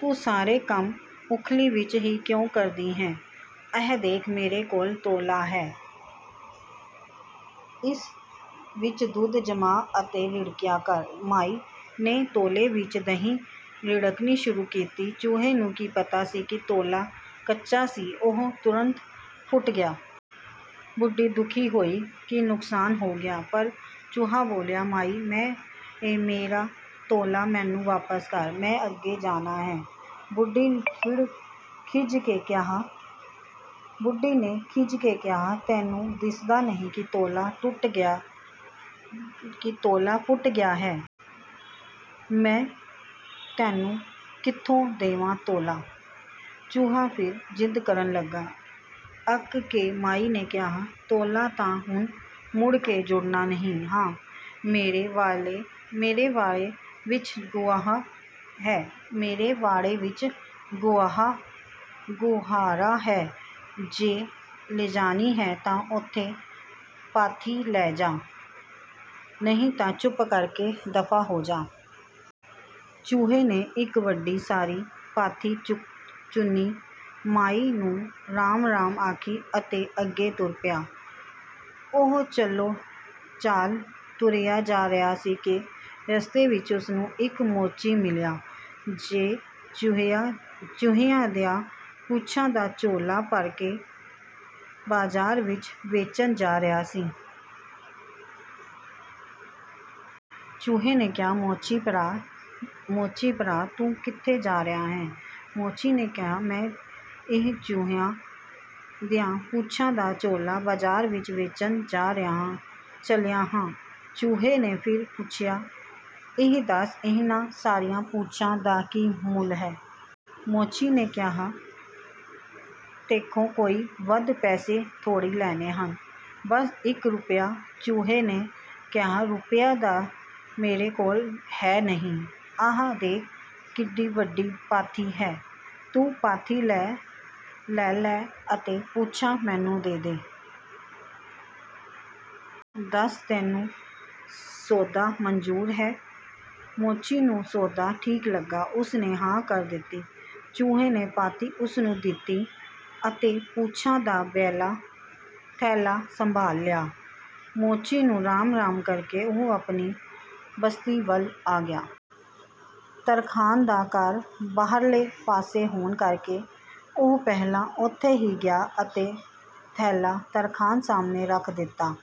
ਤੂੰ ਸਾਰੇ ਕੰਮ ਉੱਖਲੀ ਵਿੱਚ ਹੀ ਕਿਉਂ ਕਰਦੀ ਹੈਂ? ਆਹ ਦੇਖ, ਮੇਰੇ ਕੋਲ ਤੌਲਾ ਹੈ, ਇਸ ਵਿੱਚ ਦੁੱਧ ਜਮਾ ਅਤੇ ਰਿੜਕਿਆ ਕਰ।" ਮਾਈ ਨੇ ਤੌਲੇ ਵਿੱਚ ਦਹੀਂ ਰਿੜਕਣੀ ਸ਼ੁਰੂ ਕੀਤੀ। ਚੂਹੇ ਨੂੰ ਕੀ ਪਤਾ ਸੀ ਕਿ ਤੌਲਾ ਕੱਚਾ ਸੀ, ਉਹ ਤੁਰੰਤ ਫੁੱਟ ਗਿਆ। ਬੁੱਢੀ ਦੁਖੀ ਹੋਈ ਕਿ ਨੁਕਸਾਨ ਹੋ ਗਿਆ, ਪਰ ਚੂਹਾ ਬੋਲਿਆ, "ਮਾਈ, ਮੇਰਾ ਤੌਲਾ ਮੈਨੂੰ ਵਾਪਸ ਕਰ, ਮੈਂ ਅੱਗੇ ਜਾਣਾ ਹੈ।" ਬੁੱਢੀ ਨੇ ਖਿਝ ਕੇ ਕਿਹਾ, "ਤੈਨੂੰ ਦਿਸਦਾ ਨਹੀਂ ਕਿ ਤੌਲਾ ਫੁੱਟ ਗਿਆ ਹੈ? ਮੈਂ ਤੈਨੂੰ ਕਿੱਥੋਂ ਦੇਵਾਂ ਤੌਲਾ?" ਚੂਹਾ ਫਿਰ ਜ਼ਿੱਦ ਕਰਨ ਲੱਗਾ। ਅੱਕ ਕੇ ਮਾਈ ਨੇ ਕਿਹਾ, "ਤੌਲਾ ਤਾਂ ਹੁਣ ਮੁੜ ਕੇ ਜੁੜਨਾ ਨਹੀਂ। ਹਾਂ, ਮੇਰੇ ਵਾੜੇ ਵਿੱਚ ਗੁਹਾਰਾ ਹੈ, ਜੇ ਲਿਜਾਣੀ ਹੈ ਤਾਂ ਉੱਥੋਂ ਪਾਥੀ ਲੈ ਜਾ, ਨਹੀਂ ਤਾਂ ਚੁੱਪ ਕਰ ਕੇ ਦਫ਼ਾ ਹੋ ਜਾ।" ਚੂਹੇ ਨੇ ਇੱਕ ਵੱਡੀ ਸਾਰੀ ਪਾਥੀ ਚੁਣੀ, ਮਾਈ ਨੂੰ ਰਾਮ-ਰਾਮ ਆਖੀ ਅਤੇ ਅੱਗੇ ਤੁਰ ਪਿਆ। ਉਹ ਚਲੋ-ਚਾਲ ਤੁਰਿਆ ਜਾ ਰਿਹਾ ਸੀ ਕਿ ਰਸਤੇ ਵਿੱਚ ਉਸ ਨੂੰ ਇੱਕ ਮੋਚੀ ਮਿਲਿਆ, ਜੇ ਚੂਹਿਆਂ ਦੀਆਂ ਪੂਛਾਂ ਦਾ ਝੋਲਾ ਭਰ ਕੇ ਬਾਜ਼ਾਰ ਵਿੱਚ ਵੇਚਣ ਜਾ ਰਿਹਾ ਸੀ। ਚੂਹੇ ਨੇ ਕਿਹਾ, "ਮੋਚੀ ਭਰਾ, ਮੋਚੀ ਭਰਾ! ਤੂੰ ਕਿੱਥੇ ਜਾ ਰਿਹਾ ਹੈਂ?" ਮੋਚੀ ਨੇ ਕਿਹਾ, "ਮੈਂ ਇਹ ਚੂਹਿਆਂ ਦੀਆਂ ਪੂਛਾਂ ਦਾ ਝੋਲਾ ਬਾਜ਼ਾਰ ਵਿੱਚ ਵੇਚਣ ਚੱਲਿਆ ਹਾਂ।" ਚੂਹੇ ਨੇ ਫਿਰ ਪੁੱਛਿਆ, "ਇਹ ਦੱਸ, ਇਹਨਾਂ ਸਾਰੀਆਂ ਪੂਛਾਂ ਦਾ ਕੀ ਮੁੱਲ ਹੈ?" ਮੋਚੀ ਨੇ ਕਿਹਾ, "ਤੈਥੋਂ ਕੋਈ ਵੱਧ ਪੈਸੇ ਥੋੜ੍ਹੀ ਲੈਣੇ ਹਨ, ਬਸ ਇੱਕ ਰੁਪਿਆ।" ਚੂਹੇ ਨੇ ਕਿਹਾ, "ਰੁਪਿਆ ਤਾਂ ਮੇਰੇ ਕੋਲ ਹੈ ਨਹੀਂ, ਆਹ ਦੇਖ ਕਿੱਡੀ ਵੱਡੀ ਪਾਥੀ ਹੈ। ਤੂੰ ਪਾਥੀ ਲੈ ਲੈ ਅਤੇ ਪੂਛਾਂ ਮੈਨੂੰ ਦੇ ਦੇ। ਦੱਸ, ਤੈਨੂੰ ਸੌਦਾ ਮਨਜ਼ੂਰ ਹੈ?" ਮੋਚੀ ਨੂੰ ਸੌਦਾ ਠੀਕ ਲੱਗਾ, ਉਸ ਨੇ ਹਾਂ ਕਰ ਦਿੱਤੀ। ਚੂਹੇ ਨੇ ਪਾਥੀ ਉਸ ਨੂੰ ਦੇ ਦਿੱਤੀ ਅਤੇ ਪੂਛਾਂ ਦਾ ਥੈਲਾ ਸੰਭਾਲ ਲਿਆ। ਮੋਚੀ ਨੂੰ ਰਾਮ-ਰਾਮ ਕਰ ਕੇ ਉਹ ਆਪਣੀ ਬਸਤੀ ਵੱਲ ਆ ਗਿਆ। ਤਰਖਾਣ ਦਾ ਘਰ ਬਾਹਰਲੇ ਪਾਸੇ ਹੋਣ ਕਰਕੇ ਉਹ ਪਹਿਲਾਂ ਉੱਥੇ ਹੀ ਗਿਆ ਅਤੇ ਥੈਲਾ ਤਰਖਾਣ ਸਾਹਮਣੇ ਰੱਖ ਦਿੱਤਾ।